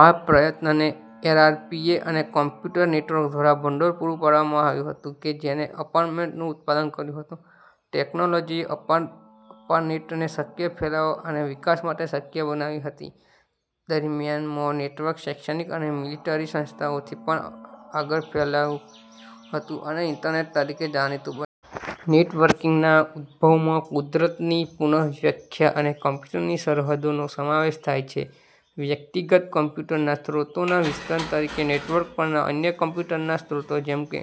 આ પ્રયત્નને એઆરપીએ અને કમ્પ્યુટર નેટવર્ક દ્વારા ભંડોળ પૂરું પાડવામાં આવ્યું હતું કે જેણે અર્પાનેટ નું ઉત્પાદન કર્યું હતું. ટેકનોલોજીએ અર્પાનેટને શક્ય ફેલાવા અને વિકાસ માટે શક્ય બનાવી હતી. દરમિયાનમાં નેટવર્ક શૈક્ષણિક અને મિલીટરી સંસ્થાઓથી પણ આગળ ફેલાયું હતું અને ઇન્ટરનેટ તરીકે જાણીતુ બન્યુ. નેટવર્કીંગના ઉદભવમાં કુદરતની પુનઃવ્યખ્યા અને કમ્પ્યુટરની સરહદોનો સમાવેશ થાય છે. વ્યક્તિગત કમ્પ્યુટરના સ્ત્રોતોના વિસ્તરણ તરીકે નેટવર્ક પરના અન્ય કમ્પ્યુટરના સ્ત્રોતો જેમ કે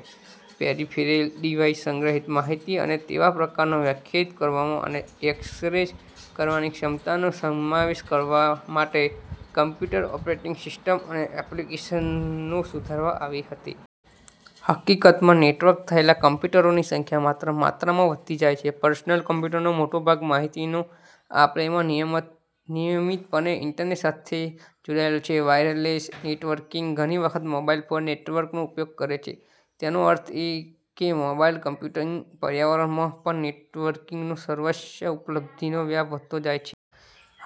પેરિફેરલ ડિવાઇસ, સંગ્રહીત માહિતી અને તેવા પ્રકારોને વ્યાખ્યાયિત કરવામાં અને એક્સરે કરવાની ક્ષમતાનો સમાવેશ કરવા માટે કમ્પ્યુટર ઓપરેટિંગ સિસ્ટમ્સ અને એપ્લીકેશનોને સુધારવામાં આવી હતી. હકીકતમાં નેટવર્ક થયેલા કમ્પ્યુટરોની સંખ્યા મોટી માત્રામાં વધતી જાય છે. પર્સનલ કમ્પ્યુટર્સનો મોટો ભાગ માહિતીનો આપ-લેમાં નિયમિતપણે ઇન્ટરનેટ સાથે જોડાયેલો છે. "વાયરલેસ" નેટવર્કીંગ ઘણી વખત મોબાઇલ ફોન નેટવર્કનો ઉપયોગ કરે છે, તેનો અર્થ એ કે મોબાઇલ કમ્પ્યુટીંગ પર્યાવરણમાં પણ નેટવર્કીંગનો સર્વસ્વ ઉપલબ્ધિનો વ્યાપ વધતો જાય છે.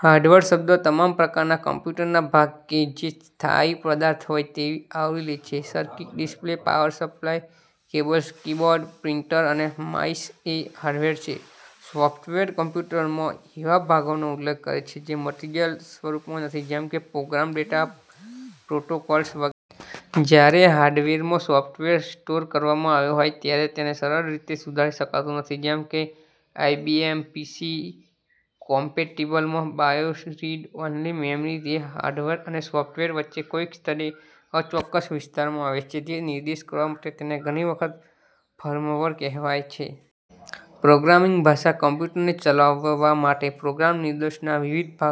હાર્ડવેર શબ્દ તમામ પ્રકારના કમ્પ્યુટરના ભાગ કે જે સ્થાયી પદાર્થ હોય તેને આવરી લે છે. Circuit, display, power supply, cables, keyboard, printers અને માઇસ એ હાર્ડવેર છે. સોફ્ટવેર કમ્પ્યુટરના એવા ભાગોનો ઉલ્લેખ કરે છે, જે મટીરીયલ સ્વરૂપમાં નથી, જેમ કે પ્રોગ્રામ્સ, ડેટા, પ્રોટોકોલ્સ વગેરે. જ્યારે હાર્ડવેરમાં સોફ્ટવેર સ્ટોર કરવામાં આવ્યો હોય ત્યારે, તેને સરળ રીતે સુધારી શકાતું નથી જેમ કે આઇબીએમ પીસી કોમ્પેટીબલમાં બાયોસ, રિડ-ઓન્લી મેમરી, તે હાર્ડવેર અને સોફ્ટવેર વચ્ચે કોઇક સ્થળે અચોક્કસ વિસ્તારમાં આવે છે તે નિર્દેશ કરવા માટે તેને ઘણી વખત "ફર્મવેર" કહેવાય છે. પ્રોગ્રામીંગ ભાષા કમ્પ્યુટરને ચલાવવા માટે પ્રોગ્રામ નિર્દેશના વિવિધ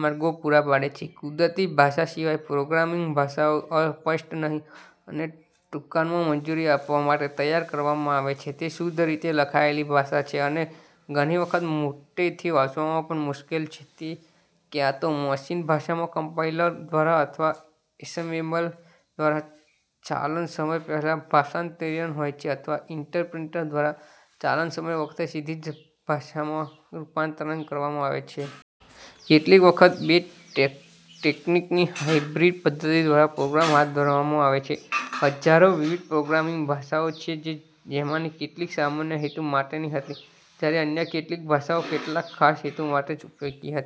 માર્ગો પૂરા પાડે છે કુદરતી ભાષા સિવાય, પ્રોગ્રામીંગ ભાષાઓ અસ્પષ્ટ નહી અને ટૂંકાણમાં મંજૂરી આપવા માટે તૈયાર કરવામાં આવી છે. તે શુદ્ધ રીતે લખાયેલી ભાષા છે અને ઘણી વખત મોટેથી વાંચવામાં પણ મુશ્કેલ છે તે ક્યાંતો મશિન ભાષામાં કમ્પાઇલર દ્વારા અથવા એસેમ્બ્લર દ્વારા ચાલનસમય પહેલા ભાષાંતરીત હોય છે અથવા ઇન્ટરપ્રિટર દ્વારા ચાલનસમય વખતે સીધી જ ભાષાંતર કરવામાં આવે છે. કેટલીક વખત બે ટેકનીકની હાઇબ્રીડ પદ્ધતિ દ્વારા પ્રોગ્રામ હાથ ધરવામાં આવે છે. હજ્જારો વિવિધ પ્રોગ્રામીંગ ભાષાઓ છે-જેમાંની કેટલીક સામાન્ય હેતુ માટેની હતી, જ્યારે અન્ય કેટલીક ભાષાઓ કેટલાક ખાસ હેતુ માટે જ ઉપયોગી હતી.